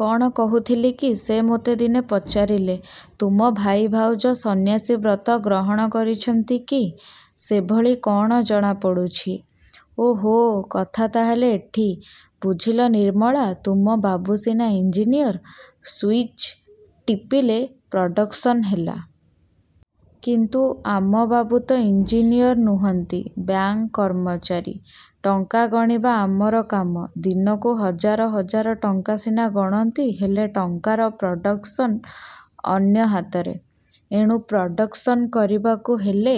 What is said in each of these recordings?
କ'ଣ କହୁଥିଲି କି, ସେ ମୋତେ ଦିନେ ପଚାରିଲେ, ତୁମ ଭାଇ ଭାଉଜ ସନ୍ୟାସୀ ବ୍ରତ ଗ୍ରହଣ କରିଛନ୍ତି କି? ସେଭଳି କ'ଣ ଜଣା ପଡ଼ୁଛି। ଓଃ କଥା ତା'ହେଲେ ଏଠି। ବୁଝିଲ ନିର୍ମଳା ତୁମ ବାବୁ ସିନା ଇଞ୍ଜିନିୟର। ସୁଇଚ୍ ଟିପିଲେ ପ୍ରଡ଼କ୍ସନ ହେଲା। କିନ୍ତୁ ଆମବାବୁ ତ ଇଞ୍ଜିନିୟର ନୁହଁନ୍ତି, ବ୍ୟାଙ୍କ କର୍ମଚାରୀ। ଟଙ୍କା ଗଣିବା ଆମର କାମ। ଦିନକୁ ହଜାର ହଜାର ଟଙ୍କା ସିନା ଗଣନ୍ତି, ହେଲେ ଟଙ୍କାର ପ୍ରଡ଼କ୍ସନ ଅନ୍ୟ ହାତରେ। ଏଣୁ ପ୍ରଡ଼କ୍ସନ କରିବାକୁ ଗଲେ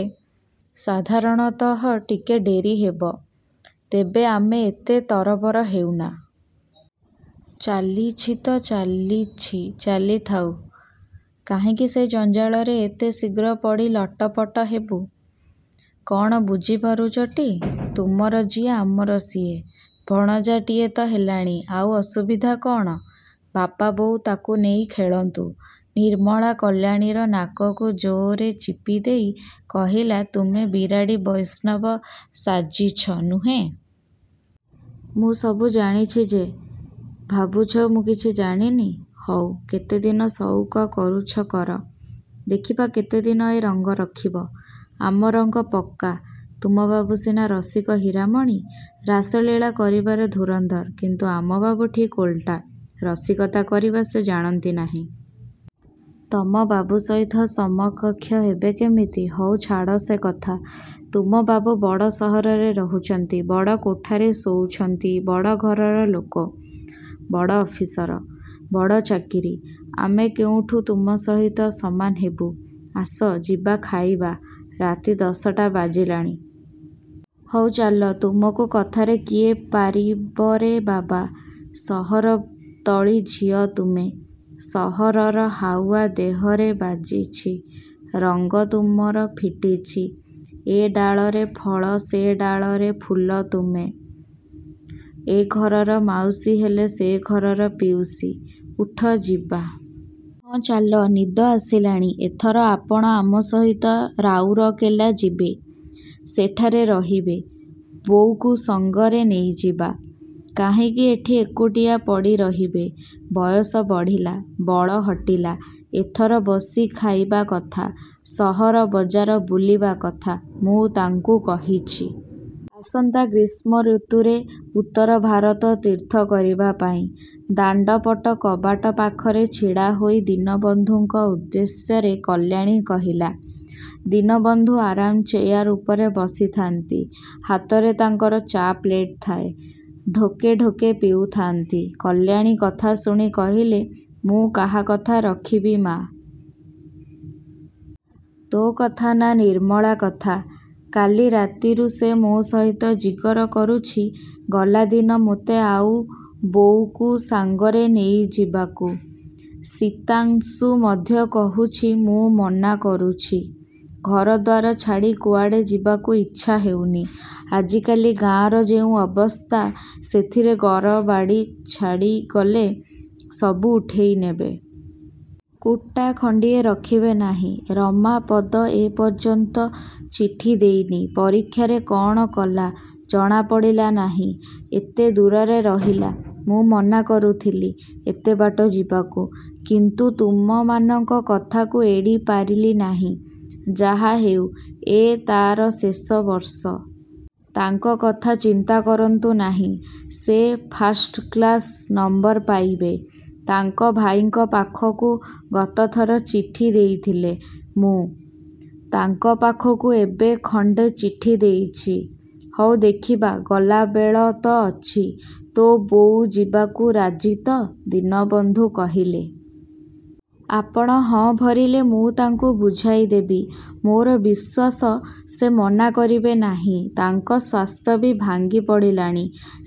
ସାଧାରଣତଃ ଟିକେ ଡେରି ହେବ। ତେବେ ଆମେ ଏତେ ତରବର ହେଉନା। ଚାଲିଛି ତ ଚାଲିଛି ଚାଲିଥାଉ। କାହିଁକି ସେ ଜଞ୍ଜାଳରେ ଏତେ ଶୀଘ୍ର ପଡ଼ି ଲଟପଟ ହେବୁ। କ'ଣ ବୁଝି ପାରୁଛଟି? ତୁମର ଯିଏ ଆମର ସିଏ। ଭଣଜାଟିଏ ତ ହେଲାଣି ଆଉ ଅସୁବିଧା କ'ଣ? ବାପା ବୋଉ ତା'କୁ ନେଇ ଖେଳନ୍ତୁ। ନିର୍ମଳା କଲ୍ୟାଣୀର ନାକକୁ ଜୋରରେ ଚିପିଦେଇ କହିଲା ତୁମେ ବିରାଡ଼ି ବୈଷ୍ଣବ ସାଜିଛ ନୁହେଁ? ମୁଁ ସବୁ ଜାଣିଛି ଯେ। ଭାବୁଛ ମୁଁ କିଛି ଜାଣିନି। ହଉ କେତେଦିନ ସଉକ କରୁଛ କର। ଦେଖିବା କେତେଦିନ ଏ ରଙ୍ଗ ରଖିବ। ଆମ ରଙ୍ଗ ପକା। ତୁମବାବୁ ସିନା ରସିକ ହୀରାମଣି। ରାସଲୀଳା କରିବାରେ ଧୂରନ୍ଧର। କିନ୍ତୁ ଆମବାବୁ ଠିକ୍ ଓଲଟା, ରସିକତା କରିବା ସେ ଜାଣନ୍ତି ନାହିଁ। ତମବାବୁ ସହିତ ସମକକ୍ଷ ହେବେ କେମିତି? ହଉ ଛାଡ଼ ସେ କଥା। ତୁମବାବୁ ବଡ଼ ସହରରେ ରହୁଛନ୍ତି, ବଡ଼ କୋଠାରେ ଶୋଉଛନ୍ତି, ବଡ଼ ଘରର ଲୋକ, ବଡ଼ ଅଫିସର, ବଡ଼ ଚାକିରି, ଆମେ କେଉଁଠୁ ତୁମ ସହିତ ସମାନ ହେବୁ। ଆସ ଯିବା ଖାଇବା, ରାତି ଦଶଟା ବାଜିଲାଣି। ହଉ ଚାଲ। ତୁମକୁ କଥାରେ କିଏ ପାରିବରେ ବାବା। ସହର ତଳି ଝିଅ ତୁମେ। ସହରର ହାଉଆ ଦେହରେ ବାଜିଛି। ରଙ୍ଗ ତୁମର ଫିଟିଛି, ଏ ଡାଳରେ ଫଳ ସେ ଡାଳରେ ଫୁଲ ତୁମେ। ଏ ଘରର ମାଉସୀ ହେଲେ ସେ ଘରର ପିଉସୀ, ଉଠ, ଯିବା। ହଁ ଚାଲ, ନିଦ ଆସିଲାଣି। ଏଥର ଆପଣ ଆମ ସହିତ ରାଉରକେଲା ଯିବେ। ସେଠାରେ ରହିବେ। ବୋଉକୁ ସଙ୍ଗରେ ନେଇଯିବା। କାହିଁକି ଏଠି ଏକୁଟିଆ ପଡ଼ି ରହିବେ। ବୟସ ବଢ଼ିଲା, ବଳ ହଟିଲା, ଏଥର ବସି ଖାଇବା କଥା। ସହର ବଜାର ବୁଲିବା କଥା। ମୁଁ ତାଙ୍କୁ କହିଛି। ଆସନ୍ତା ଗ୍ରୀଷ୍ମ ଋତୁରେ ଉତ୍ତର ଭାରତ ତୀର୍ଥ କରିବା ପାଇଁ। ଦାଣ୍ଡପଟ କବାଟ ପାଖରେ ଛିଡ଼ାହୋଇ ଦୀନବନ୍ଧୁଙ୍କ ଉଦ୍ଦେଶ୍ୟରେ କଲ୍ୟାଣୀ କହିଲା। ଦୀନବନ୍ଧୁ ଆରାମ୍ ଚେୟାର ଉପରେ ବସିଥାନ୍ତି। ହାତରେ ତାଙ୍କର ଚା' ପ୍ଳେଟ୍ ଥାଏ। ଢୋକେ ଢୋକେ ପିଉଥାନ୍ତି। କଲ୍ୟାଣୀ କଥାଶୁଣି କହିଲେ, ମୁଁ କାହା କଥା ରଖିବି ମା'! ତୋ' କଥା ନା ନିର୍ମଳା କଥା। କାଲି ରାତିରୁ ସେ ମୋ ସହିତ ଜିଗର କରୁଛି ଗଲାଦିନ ମୋତେ ଆଉ ବୋଉକୁ ସାଙ୍ଗରେ ନେଇଯିବାକୁ। ଶୀତାଂଶୁ ମଧ୍ୟ କହୁଛି, ମୁଁ ମନା କରୁଛି। ଘରଦ୍ୱାର ଛାଡ଼ି କୁଆଡ଼େ ଯିବାକୁ ଇଚ୍ଛା ହେଉନି। ଆଜିକାଲି ଗାଁର ଯେଉଁ ଅବସ୍ଥା, ସେଥିରେ ଘରବାଡ଼ି ଛାଡ଼ିଗଲେ ସବୁ ଉଠେଇ ନେବେ। କୁଟା ଖଣ୍ଡିଏ ରଖିବେ ନାହିଁ। ରମାପଦ ଏ ପର୍ଯ୍ୟନ୍ତ ଚିଠି ଦେଇନି। ପରୀକ୍ଷାରେ କ'ଣ କଲା, ଜଣା ପଡ଼ିଲା ନାହିଁ। ଏତେ ଦୂରରେ ରହିଲା। ମୁଁ ମନା କରୁଥିଲି ଏତେ ବାଟ ଯିବାକୁ। କିନ୍ତୁ ତୁମମାନଙ୍କ କଥାକୁ ଏଡ଼ି ପାରିଲି ନାହିଁ। ଯାହା ହେଉ ଏ ତା'ର ଶେଷ ବର୍ଷ। ତାଙ୍କ କଥା ଚିନ୍ତା କରନ୍ତୁ ନାହିଁ, ସେ ଫାଷ୍ଟକ୍ଳାସ ନମ୍ୱର ପାଇବେ। ତାଙ୍କ ଭାଇଙ୍କ ପାଖକୁ ଗତଥର ଚିଠି ଦେଇଥିଲେ। ମୁଁ। ତାଙ୍କ ପାଖକୁ ଏବେ ଖଣ୍ଡେ ଚିଠି ଦେଇଛି। ହଉ ଦେଖିବା, ଗଲାବେଳ ତ ଅଛି। ତୋ ବୋଉ ଯିବାକୁ ରାଜି ତ, ଦୀନବନ୍ଧୁ କହିଲେ। ଆପଣ ହଁ ଭରିଲେ ମୁଁ ତାଙ୍କୁ ବୁଝାଇ ଦେବି। ମୋର ବିଶ୍ୱାସ ସେ ମନା କରିବେ ନାହିଁ। ତାଙ୍କ ସ୍ୱାସ୍ଥ୍ୟ ବି ଭାଙ୍ଗି ପଡ଼ିଲାଣି।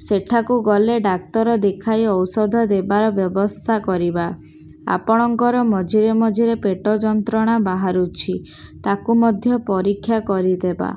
ସେଠାକୁ ଗଲେ ଡାକ୍ତର ଦେଖାଇ ଔଷଧ ଦେବାର ବ୍ୟବସ୍ଥା କରିବା। ଆପଣଙ୍କର ମଝିରେ ମଝିରେ ପେଟ ଯନ୍ତ୍ରଣା ବାହାରୁଛି, ତା'କୁ ମଧ୍ୟ ପରୀକ୍ଷା କରି ଦେବା।